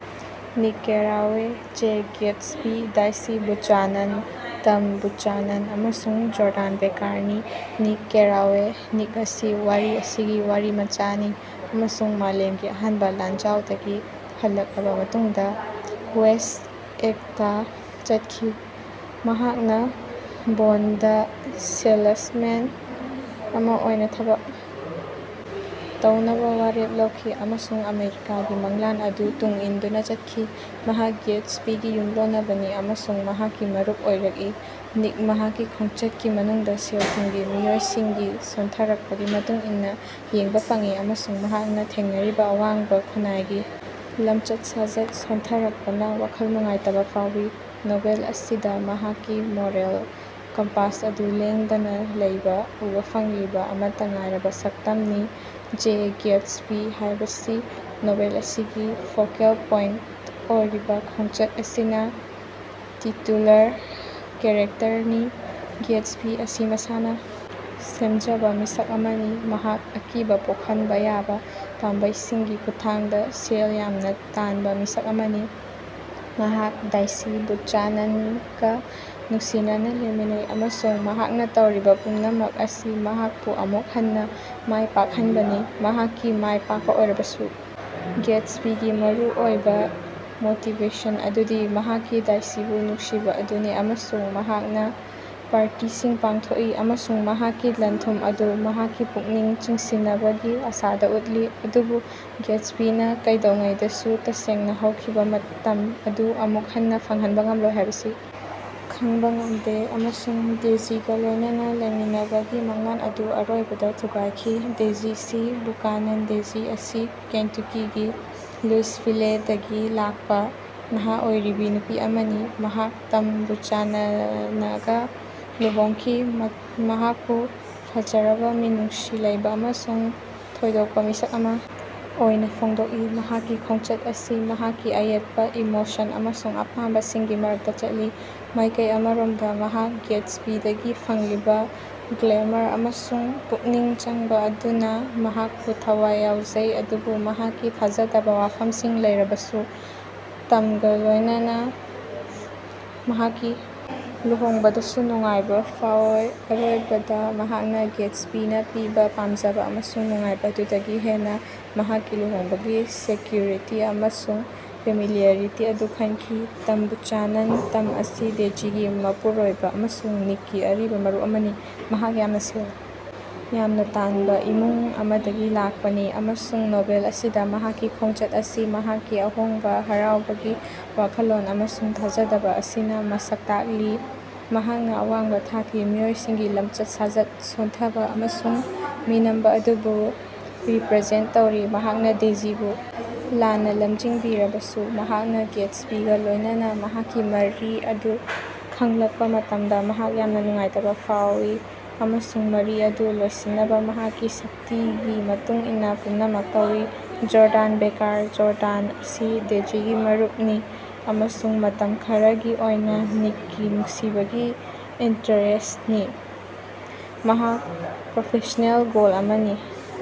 ꯅꯤꯛ Carraway, Jay Gatsby, Daisy Buchanan, Tom Buchanan ꯑꯃꯁꯨꯡ Jordan ꯕꯦꯀꯥꯔꯅꯤ꯫ Nick Carraway Nick ꯑꯁꯤ ꯋꯥꯔꯤ ꯑꯁꯤꯒꯤ ꯋꯥꯔꯤꯃꯆꯥꯅꯤ ꯑꯃꯁꯨꯡ ꯃꯥꯂꯦꯝꯒꯤ ꯑꯍꯥꯟꯕ ꯂꯥꯟꯖꯥꯎꯗꯒꯤ ꯍꯜꯂꯛꯂꯕꯥ ꯃꯇꯨꯡꯗꯥ ꯋꯦꯁ꯭ꯠ ꯑꯦꯒꯇꯥ ꯆꯠꯈꯤ꯫ ꯃꯍꯥꯛꯅꯥ ꯕꯣꯟꯗ ꯁꯦꯜꯂꯁꯃꯦꯟ ꯑꯃꯥ ꯑꯣꯏꯅꯥ ꯊꯕꯛ ꯇꯧꯅꯕꯥ ꯋꯥꯔꯦꯞ ꯂꯧꯈꯤ꯫ ꯑꯃꯁꯨꯡ ꯑꯃꯦꯔꯤꯀꯥꯒꯤ ꯃꯪꯂꯥꯟ ꯑꯗꯨ ꯇꯨꯡ ꯏꯟꯗꯨꯅꯥ ꯆꯠꯈꯤ꯫ ꯃꯍꯥꯛ ꯒ꯭ꯌꯦꯇꯁꯕꯤꯒꯤ ꯌꯨꯝꯂꯣꯟꯅꯕꯅꯤ ꯑꯃꯁꯨꯡ ꯃꯍꯥꯛꯀꯤ ꯃꯔꯨꯞ ꯑꯣꯏꯔꯛꯏ꯫ ꯅꯤꯛ ꯃꯍꯥꯛꯀꯤ ꯈꯣꯡꯆꯠꯀꯤ ꯃꯅꯨꯡꯗꯥ ꯁꯦꯜ-ꯊꯨꯝꯒꯤ ꯃꯤꯑꯣꯏꯁꯤꯡꯒꯤ ꯁꯣꯟꯊꯔꯛꯄꯒꯤ ꯃꯇꯨꯡ ꯏꯟꯅꯥ ꯌꯦꯡꯕꯥ ꯐꯪꯏ꯫ ꯑꯃꯁꯨꯡ ꯃꯍꯥꯛꯅꯥ ꯊꯦꯡꯅꯔꯤꯕꯥ ꯑꯋꯥꯡꯕꯥ ꯈꯨꯟꯅꯥꯏꯒꯤ ꯂꯝꯆꯠ-ꯁꯥꯖꯠ ꯁꯣꯟꯊꯔꯛꯄꯅꯥ ꯋꯥꯈꯜ ꯅꯨꯡꯉꯥꯏꯇꯕꯥ ꯐꯥꯎꯏ꯫ ꯅꯣꯚꯦꯜ ꯑꯁꯤꯗꯥ ꯃꯍꯥꯛꯀꯤ ꯃꯣꯔꯦꯜ ꯀꯝꯄꯥꯁ ꯑꯗꯨ ꯂꯦꯡꯗꯅꯥ ꯂꯩꯕꯥ ꯎꯕꯥ ꯐꯪꯂꯤꯕꯥ ꯑꯃꯠꯇꯥ ꯉꯥꯏꯔꯕꯥ ꯁꯛꯇꯃꯅꯤ꯫ ꯖꯦ ꯒ꯭ꯌꯦꯇꯁꯕꯤ ꯍꯥꯏꯕꯁꯤ ꯅꯣꯚꯦꯜ ꯑꯁꯤꯒꯤ ꯐꯣꯀꯦꯜ ꯄꯣꯏꯟꯇ ꯑꯣꯏꯔꯤꯕꯥ ꯈꯣꯡꯆꯠ ꯑꯁꯤꯅꯥ ꯇꯤꯇꯨꯂꯔ ꯀꯦꯔꯦꯛꯇ꯭ꯔꯅꯤ꯫ ꯒ꯭ꯌꯦꯇꯁꯕꯤ ꯑꯁꯤ ꯃꯁꯥꯅꯥ ꯁꯦꯝꯖꯕꯥ ꯃꯤꯁꯛ ꯑꯃꯅꯤ꯫ ꯃꯍꯥꯛ ꯑꯀꯤꯕꯥ ꯄꯣꯛꯍꯟꯕꯥ ꯌꯥꯕꯥ ꯄꯥꯝꯕꯩꯁꯤꯡꯒꯤ ꯈꯨꯠꯊꯥꯡꯗꯥ ꯁꯦꯜ ꯌꯥꯝꯅꯥ ꯇꯥꯟꯕꯥ ꯃꯤꯁꯛ ꯑꯃꯅꯤ꯫ ꯃꯍꯥꯛ ꯗꯥꯏꯁꯤ ꯕꯨꯆꯥꯅꯟꯒꯥ ꯅꯨꯡꯁꯤꯅꯅꯥ ꯂꯩꯃꯤꯟꯅꯩ꯫ ꯑꯃꯁꯨꯡ ꯃꯍꯥꯛꯅꯥ ꯇꯧꯔꯤꯕꯥ ꯄꯨꯝꯅꯃꯛ ꯑꯁꯤ ꯃꯍꯥꯛꯄꯨ ꯑꯃꯨꯛ ꯍꯟꯅꯥ ꯃꯥꯏ ꯄꯥꯛꯍꯟꯕꯅꯤ꯫ ꯃꯍꯥꯛꯀꯤ ꯃꯥꯌ ꯄꯥꯛꯄꯥ ꯑꯣꯏꯔꯕꯁꯨ ꯒ꯭ꯌꯦꯇꯁꯕꯤꯒꯤ ꯃꯔꯨꯑꯣꯏꯕꯥ ꯃꯣꯇꯤꯕꯦꯁꯟ ꯑꯗꯨꯗꯤ ꯃꯍꯥꯛꯀꯤ ꯗꯥꯏꯁꯤꯕꯨ ꯅꯨꯡꯁꯤꯕꯥ ꯑꯗꯨꯅꯤ꯫ ꯑꯃꯁꯨꯡ ꯃꯍꯥꯛꯅꯥ ꯄꯥꯔꯇꯤꯁꯤꯡ ꯄꯥꯡꯊꯣꯛꯏ ꯫ꯑꯃꯁꯨꯡ ꯃꯍꯥꯛꯀꯤ ꯂꯟ-ꯊꯨꯝ ꯑꯗꯨ ꯃꯍꯥꯛꯀꯤ ꯄꯨꯛꯅꯤꯡ ꯆꯤꯡꯁꯤꯅꯕꯒꯤ ꯑꯥꯁꯥꯗꯥ ꯎꯠꯂꯤ꯫ ꯑꯗꯨꯕꯨ ꯒ꯭ꯌꯦꯇꯁꯕꯤꯅꯥ ꯀꯩꯗꯧꯉꯩꯗꯁꯨ ꯇꯁꯦꯡꯅꯥ ꯍꯧꯈꯤꯕꯥ ꯃꯇꯝ ꯑꯗꯨ ꯑꯃꯨꯛ ꯍꯟꯅꯥ ꯐꯪꯍꯟꯕꯥ ꯉꯝꯂꯣꯏ ꯍꯥꯏꯕꯁꯤ ꯈꯡꯕꯥ ꯉꯝꯗꯦ꯫ ꯑꯃꯁꯨꯡ ꯗꯦꯖꯤꯒꯥ ꯂꯣꯏꯅꯅꯥ ꯂꯩꯃꯤꯟꯅꯕꯒꯤ ꯃꯪꯂꯥꯟ ꯑꯗꯨ ꯑꯔꯣꯏꯕꯗꯥ ꯊꯨꯒꯥꯏꯈꯤ꯫ ꯗꯦꯖꯤꯁꯤ ꯕꯨꯀꯥꯅꯟ ꯗꯦꯖꯤ ꯑꯁꯤ ꯀꯦꯟꯇꯨꯀꯤꯒꯤ ꯂꯨꯏꯁꯚꯤꯂꯦꯗꯒꯤ ꯂꯥꯛꯄꯥ ꯅꯍꯥ ꯑꯣꯏꯔꯤꯕꯤ ꯅꯨꯄꯤ ꯑꯃꯅꯤ꯫ ꯃꯍꯥꯛ ꯇꯝ ꯕꯨꯆꯥꯅꯅꯒꯥ ꯂꯨꯍꯣꯡꯈꯤ꯫ ꯃꯍꯥꯛꯄꯨ ꯐꯖꯔꯕꯥ, ꯃꯤꯅꯨꯡꯁꯤ ꯂꯩꯕꯥ ꯑꯃꯁꯨꯡ ꯊꯣꯏꯗꯣꯀꯄꯥ ꯃꯤꯁꯛ ꯑꯃꯥ ꯑꯣꯏꯅꯥ ꯐꯣꯡꯗꯣꯛꯏ꯫ ꯃꯍꯥꯛꯀꯤ ꯈꯣꯡꯆꯠ ꯑꯁꯤ ꯃꯍꯥꯛꯀꯤ ꯑꯌꯦꯠꯄꯥ ꯏꯃꯣꯁꯟ ꯑꯃꯁꯨꯡ ꯑꯄꯥꯝꯕꯁꯤꯡꯒꯤ ꯃꯔꯛꯇꯥ ꯆꯠꯂꯤ꯫ ꯃꯥꯌꯀꯩ ꯑꯃꯔꯣꯃꯗꯥ ꯃꯍꯥꯛ ꯒ꯭ꯌꯦꯇꯁꯕꯤꯗꯒꯤ ꯐꯪꯂꯤꯕꯥ ꯒ꯭ꯂꯦꯃꯔ ꯑꯃꯁꯨꯡ ꯄꯨꯛꯅꯤꯡ ꯆꯪꯕꯥ ꯑꯗꯨꯅꯥ ꯃꯍꯥꯀꯄꯨ ꯊꯋꯥꯏ ꯌꯥꯎꯖꯩ ꯑꯗꯨꯕꯨ ꯃꯍꯥꯛꯀꯤ ꯊꯥꯖꯗꯕꯥ ꯋꯥꯐꯝꯁꯤꯡ ꯂꯩꯔꯕꯁꯨ ꯇꯃꯒꯥ ꯂꯣꯏꯅꯅꯥ ꯃꯍꯥꯛꯀꯤ ꯂꯨꯍꯣꯡꯕꯗꯁꯨ ꯅꯨꯡꯉꯥꯏꯕꯥ ꯐꯥꯑꯣꯏ꯫ ꯑꯔꯣꯏꯕꯗꯥ ꯃꯍꯥꯛꯅꯥ ꯒ꯭ꯌꯦꯇꯁꯕꯤꯅꯥ ꯄꯤꯕꯥ ꯄꯥꯝꯖꯕꯥ ꯑꯃꯁꯨꯡ ꯅꯨꯡꯉꯥꯏꯕꯥ ꯑꯗꯨꯗꯒꯤ ꯍꯦꯟꯅꯥ ꯃꯍꯥꯛꯀꯤ ꯂꯨꯍꯣꯡꯕꯒꯤ ꯁꯦꯛꯌꯨꯔꯤꯇꯤ ꯑꯃꯁꯨꯡ ꯐꯦꯃꯤꯂꯤꯌ꯭ꯔꯤꯇꯤ ꯑꯗꯨ ꯈꯟꯈꯤ꯫ ꯇꯝ ꯕꯨꯆꯥꯅꯟ ꯇꯝ ꯑꯁꯤ ꯗꯦꯖꯤꯒꯤ ꯃꯄꯨꯔꯣꯏꯕꯥ ꯑꯃꯁꯨꯡ ꯅꯤꯛꯀꯤ ꯑꯔꯤꯕꯥ ꯃꯔꯨꯞ ꯑꯃꯅꯤ꯫ ꯃꯍꯥꯛ ꯌꯥꯝꯅꯥ ꯁꯦꯜ ꯌꯥꯝꯅꯥ ꯇꯥꯟꯕꯥ ꯏꯃꯨꯡ ꯑꯃꯗꯒꯤ ꯂꯥꯀꯄꯅꯤ꯫ ꯑꯃꯁꯨꯡ ꯅꯣꯚꯦꯜ ꯑꯁꯤꯗꯥ ꯃꯍꯥꯛꯀꯤ ꯈꯣꯡꯆꯠ ꯑꯁꯤ ꯃꯍꯥꯛꯀꯤ ꯑꯍꯣꯡꯕꯥ ꯍꯔꯥꯎꯕꯒꯤ ꯋꯥꯈꯜꯂꯣꯟ ꯑꯃꯁꯨꯡ ꯊꯥꯖꯗꯕꯥ ꯑꯁꯤꯅꯥ ꯃꯁꯛ ꯇꯥꯛꯂꯤ꯫ ꯃꯍꯥꯛꯅꯥ ꯑꯋꯥꯡꯕꯥ ꯊꯥꯛꯀꯤ ꯃꯤꯑꯣꯏꯁꯤꯡꯒꯤ ꯂꯝꯆꯠ-ꯁꯥꯖꯠ ꯁꯣꯟꯊꯕꯥ ꯑꯃꯁꯨꯡ ꯃꯤꯅꯝꯕꯥ ꯑꯗꯨꯕꯨ ꯔꯤꯞ꯭ꯔꯖꯦꯟꯇ ꯇꯧꯔꯤ꯫ ꯃꯍꯥꯛꯅꯥ ꯗꯦꯖꯤꯕꯨ ꯂꯥꯟꯅꯥ ꯂꯃꯖꯤꯡꯕꯤꯔꯕꯁꯨ, ꯃꯍꯥꯛꯅꯥ ꯒ꯭ꯌꯦꯇꯁꯕꯤꯒꯥ ꯂꯣꯏꯅꯅꯥ ꯃꯍꯥꯛꯀꯤ ꯃꯔꯤ ꯑꯗꯨ ꯈꯡꯂꯛꯄꯥ ꯃꯇꯝꯗꯥ ꯃꯍꯥꯛ ꯌꯥꯝꯅꯥ ꯅꯨꯡꯉꯥꯏꯇꯕꯥ ꯐꯥꯎꯏ꯫ ꯑꯃꯁꯨꯡ ꯃꯔꯤ ꯑꯗꯨ ꯂꯣꯏꯁꯤꯟꯅꯕꯥ ꯃꯍꯥꯛꯀꯤ ꯁꯛꯇꯤꯒꯤ ꯃꯇꯨꯡ ꯏꯟꯅꯥ ꯄꯨꯝꯅꯃꯛ ꯇꯧꯏ꯫ ꯖꯣꯔꯗꯥꯟ ꯕꯦꯀꯥꯔ ꯖꯣꯔꯗꯥꯟ ꯑꯁꯤ ꯗꯦꯖꯤꯒꯤ ꯃꯔꯨꯄꯅꯤ꯫ ꯑꯃꯁꯨꯡ ꯃꯇꯝ ꯈꯔꯒꯤ ꯑꯣꯏꯅꯥ ꯅꯤꯛꯀꯤ ꯅꯨꯡꯁꯤꯕꯒꯤ ꯏꯟꯇꯔꯦꯁ꯭ꯠꯅꯤ꯫ ꯃꯍꯥꯛ ꯄ꯭ꯔꯣꯐꯦꯁ꯭ꯅꯦꯜ ꯒꯣꯜ ꯑꯃꯅꯤ꯫